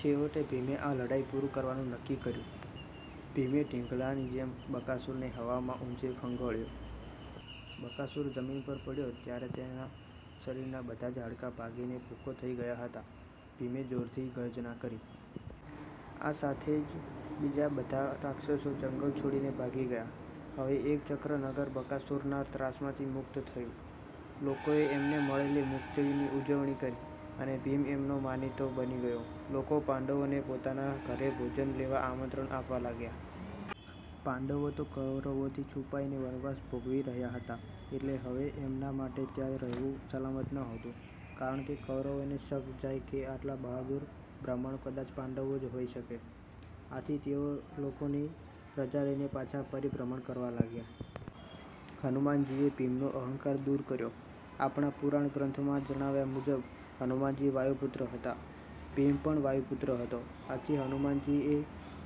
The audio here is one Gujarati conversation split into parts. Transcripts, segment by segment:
છેવટે ભીમે આ લડાઈ પૂરી કરવા નક્કી કર્યું. ભીમે ઢીંગલાની જેમ બકાસુરને હવામાં ઉંચે। ફંગોળ્યો. બકાસુર જમીન પર પડ્યો ત્યારે એના શરીરના બધા જ હાડકાં ભાંગીને ભુક્કો થઇ ગયા હતા. ભીમે જોરથી ગર્જના કરી. આ સાથે જ બીજા બધા રાક્ષસો જંગલ છોડીને ભાગી ગયા. હવે એકચક્ર નગર બકાસુરના ત્રાસમાંથી મુક્ત થયું. લોકોએ એમને મળેલી મુક્તિની ઉજવણી કરી અને ભીમ એમનો માનીતો બની ગયો. લોકો પાંડવોને પોતાના ઘરે ભોજન લેવા આમંત્રણ આપવા લાગ્યા. પાંડવો તો કૌરવોથી છુપાઈને વનવાસ ભોગવી રહ્યા હતા એટલે હવે એમના માટે ત્યાં રહેવું સલામત નહોતું કારણકે કૌરવોને શક જાય કે આટલા બહાદુર બ્રાહ્મણો કદાચ પાંડવો જ હોઈ શકે. આથી તેઓ લોકોની રજા લઈને પાછા પરિભ્રમણ કરવા લાગ્યા. હનુમાનજીએ ભીમનો અહંકાર દુર કર્યો આપણા પુરાણા ગ્રંથોમાં જણાવ્યા મુજબ હનુમાનજી વાયુપુત્ર હતા. ભીમ પણ વાયુપુત્ર હતો. આથી હનુમાનજી એ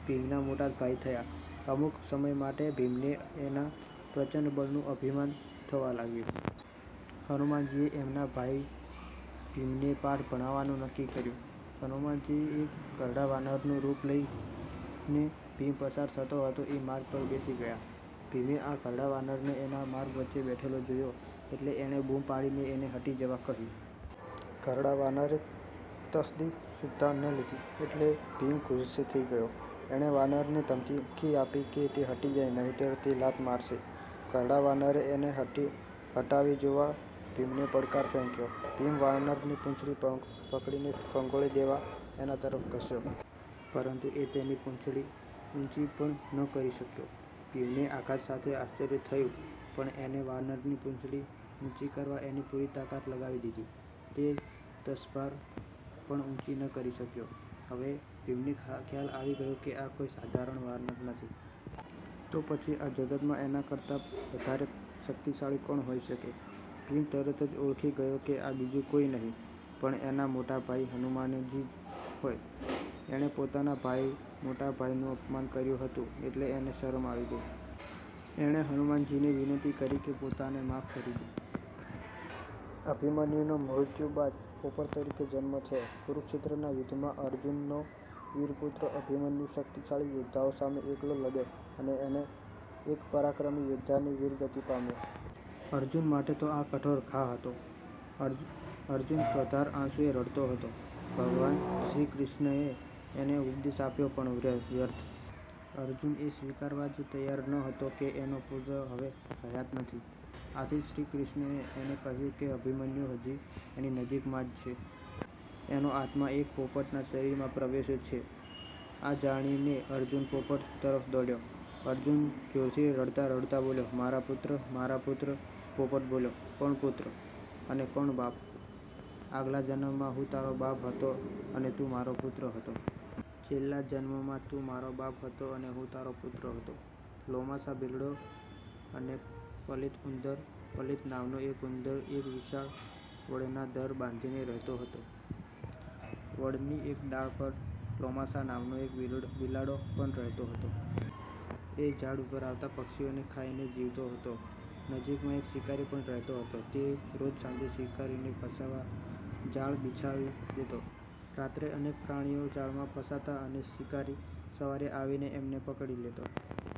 ભીમના મોટા ભાઈ થયા. અમુક સમય માટે ભીમને એના પ્રચંડ બળનું અભિમાન થવા લાગ્યું. હનુમાનજીએ એમના નાના ભાઈ ભીમને પાઠ ભણાવવાનું નક્કી કર્યું. હનુમાનજી એક ઘરડા વાનરનું રૂપ લઈને ભીમ પસાર થતો હતો એ માર્ગ પર બેસી ગયા. ભીમે આ ઘરડા વાનરને એના માર્ગ વચ્ચે બેઠેલો જોયો એટલે એણે બુમો પાડીને એને હટી જવા કહ્યું. ઘરડા વાનરે તસ્દી સુધ્ધાં ન લીધી એટલે ભીમ ગુસ્સે થઇ ગયો. એણે વાનરને ધમકી આપી કે તે હટી જાય નહીંતર એ લાત મારશે. ઘરડા વાનરે એને હટાવી જોવા ભીમને પડકાર ફેંક્યો. ભીમ વાનરને પૂંછડી પકડીને ફંગોળી દેવા એના તરફ ધસ્યો. પરંતુ... એ તેની પૂંછડી ઉંચી પણ ન કરી શક્યો! ભીમને આઘાત સાથે આશ્ચર્ય થયું પણ એણે વાનરની પૂંછડી ઉંચી કરવા એની પૂરી તાકાત લગાવી દીધી. તે તસુભાર પણ ઉંચી ન કરી શક્યો! હવે ભીમને ખ્યાલ આવી ગયો કે આ કોઈ સાધારણ વાનર નથી. તો પછી આ જગતમાં એના પોતાના કરતાં વધારે શક્તિશાળી કોણ હોઈ શકે? ભીમ તરત જ ઓળખી ગયો કે આ બીજું કોઈ નહીં પણ એના મોટા ભાઈ હનુમાનજી જ હોય. એણે પોતાના મોટા ભાઈનું અપમાન કર્યું હતું એટલે એને શરમ આવી ગઈ. એણે હનુમાનજીને વિનંતી કરી કે પોતાને માફ કરી દે. અભિમન્યુનો મૃત્યુ બાદ પોપટ તરીકે જન્મ થયો કુરુક્ષેત્રના યુદ્ધમાં અર્જુનનો વીર પુત્ર અભિમન્યુ શક્તિશાળી યોદ્ધાઓ સામે એકલો લડ્યો અને એક પરાક્રમી યોદ્ધાની વીરગતિ પામ્યો. અર્જુન માટે તો આ કઠોર ઘા હતો. અર્જુન ચોધાર આંસુએ રડતો હતો. ભગવાન શ્રીકૃષ્ણએ એને ઉપદેશ આપ્યો પણ વ્યર્થ. અર્જુન એ સ્વીકારવા જ તૈયાર નહોતો કે એનો પુત્ર હવે હયાત નથી. આથી શ્રીકૃષ્ણએ એને કહ્યું કે અભિમન્યુ હજી એની નજીકમાં જ છે. એનો આત્મા એક પોપટના શરીરમાં પ્રવેશ્યો છે. આ જાણીને અર્જુન પોપટ તરફ દોડ્યો. અર્જુન જોરથી રડતાં રડતાં બોલ્યો, "મારા પુત્ર! મારા પુત્ર! " પોપટ બોલ્યો, "કોણ પુત્ર અને કોણ બાપ? આગલા જન્મમાં હું તારો બાપ હતો અને તું મારો પુત્ર હતો. છેલ્લા જન્મમાં તું મારો બાપ હતો અને હું તારો પુત્ર હતો". લોમાસા બિલાડો અને પલિત ઉંદર પલિત નામનો એક ઉંદર એક વિશાળ વડમાં દર બાંધીને રહેતો હતો. વડની એક ડાળ પર લોમાસા નામનો એક બિલાડો પણ રહેતો હતો. એ ઝાડ ઉપર આવતા પક્ષીઓ ખાઈને જીવતો હતો. નજીકમાં એક શિકારી પણ રહેતો હતો. તે રોજ સાંજે શિકારને ફસાવવા જાળ બિછાવી દેતો. રાતે અનેક પ્રાણીઓ જાળમાં ફસાતાં અને શિકારી સવારે આવીને એમને પકડી લેતો.